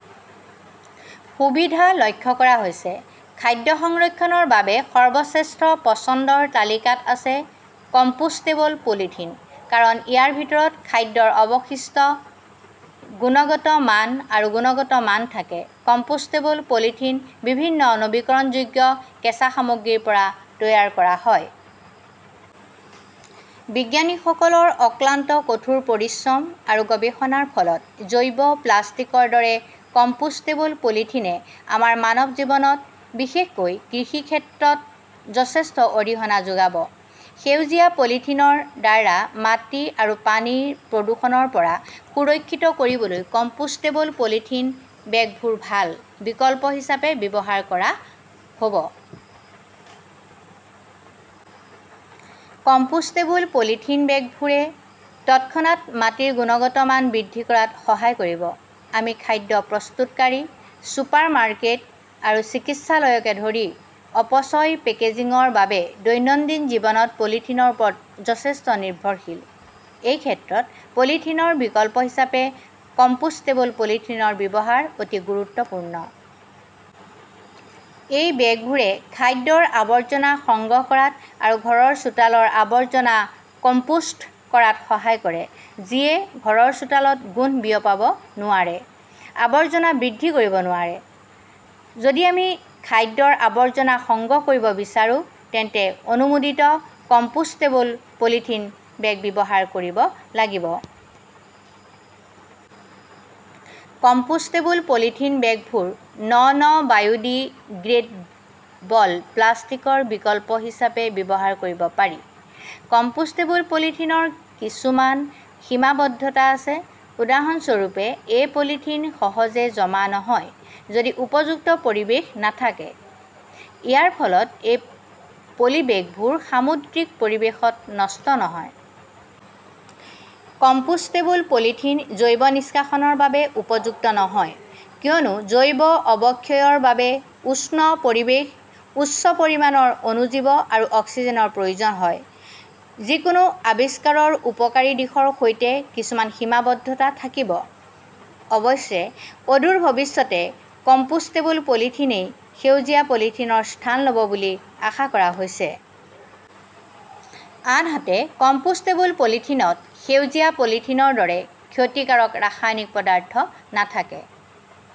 সুবিধা লক্ষ্য কৰা হৈছে। খাদ্য সংৰক্ষণৰ বাবে সৰ্বশ্ৰেষ্ঠ পছন্দৰ তালিকাত আছে কম্পোষ্টেবল পলিথিন। কাৰণ, ইয়াৰ ভিতৰত খাদ্যৰ অৱশিষ্টৰ গুণগত মান আৰু গুণগত মান থাকে। কম্পোষ্টেবল পলিথিন বিভিন্ন নৱীকৰণযোগ্য কেঁচা সামগ্ৰীৰ পৰা তৈয়াৰ কৰা হয়। বিজ্ঞানীসকলৰ অক্লান্ত কঠোৰ পৰিশ্ৰম আৰু গৱেষণাৰ ফলত জৈৱ প্লাষ্টিকৰ দৰে কম্পোষ্টেবল পলিথিনে আমাৰ মানৱ জীৱনত, বিশেষকৈ কৃষিৰ ক্ষেত্ৰত যথেষ্ট অৰিহণা যোগাব। সেউজীয়া পলিথিনৰ দ্বাৰা মাটি আৰু পানীৰ প্ৰদূষণৰ পৰা সুৰক্ষিত কৰিবলৈ কম্পোষ্টেবল পলিথিন বেগবোৰ ভাল বিকল্প হিচাপে ব্যৱহাৰ কৰা হ 'ব। কম্পোষ্টেবল পলিথিন বেগবোৰে তৎক্ষণাত মাটিৰ গুণগত মান বৃদ্ধি কৰাত সহায় কৰিব। আমি খাদ্য প্ৰস্তুতকাৰী, ছুপাৰ মাৰ্কেট আৰু চিকিৎসালয়কে ধৰি অপচয় পেকেজিংৰ বাবে দৈনন্দিন জীৱনত পলিথিনৰ ওপৰত যথেষ্ট নিৰ্ভৰশীল। এই ক্ষেত্ৰত পলিথিনৰ বিকল্প হিচাপে কম্পোষ্টেবল পলিথিনৰ ব্যৱহাৰ অতি গুৰুত্বপূৰ্ণ। এই বেগবোৰে খাদ্যৰ আৱৰ্জনা সংগ্ৰহ কৰাত আৰু ঘৰৰ চোতালৰ আৱৰ্জনা কম্পোষ্ট কৰাত সহায় কৰে, যিয়ে ঘৰৰ চোতালত গোন্ধ বিয়পাব নোৱাৰে, আৱৰ্জনা বৃদ্ধি কৰিব নোৱাৰে। যদি আমি খাদ্যৰ আৱৰ্জনা সংগ্ৰহ কৰিব বিচাৰো, তেন্তে অনুমোদিত কম্পোষ্টেবল পলিথিন বেগ ব্যৱহাৰ কৰিব লাগিব। কম্পোষ্টেবল পলিথিন বেগবোৰ নন-বায়োডিগ্ৰেডেবল প্লাষ্টিকৰ বিকল্প হিচাপে ব্যৱহাৰ কৰিব পাৰি। কম্পোষ্টেবল পলিথিনৰ কিছুমান সীমাবদ্ধতা আছে উদাহৰণস্বৰূপে এ পলিথিন সহজে জমা নহয়, যদি উপযুক্ত পৰিৱেশ নাথাকে। ইয়াৰ ফলত এই পলিবেগবোৰ সামুদ্ৰিক পৰিৱেশত নষ্ট নহয়। কম্পোষ্টেবল পলিথিন জৈৱ নিষ্কাশনৰ বাবে উপযুক্ত নহয়, কিয়নো জৈৱ অৱক্ষয়ৰ বাবে উষ্ণ পৰিৱেশ, উচ্চ পৰিমাণৰ অণুজীৱ আৰু অক্সিজেনৰ প্ৰয়োজন হয়। যিকোনো আৱিষ্কাৰৰ উপকাৰী দিশৰ সৈতে কিছুমান সীমাবদ্ধতা থাকিব। অৱশ্যে, অদূৰ ভৱিষ্যতে কম্পোষ্টেবল পলিথিনই সেউজীয়া পলিথিনৰ স্থান ল 'ব বুলি আশা কৰা হৈছে। আনহাতে, কম্পোষ্টেবল পলিথিনত সেউজীয়া পলিথিনৰ দৰে ক্ষতিকাৰক ৰাসায়নিক পদাৰ্থ নাথাকে।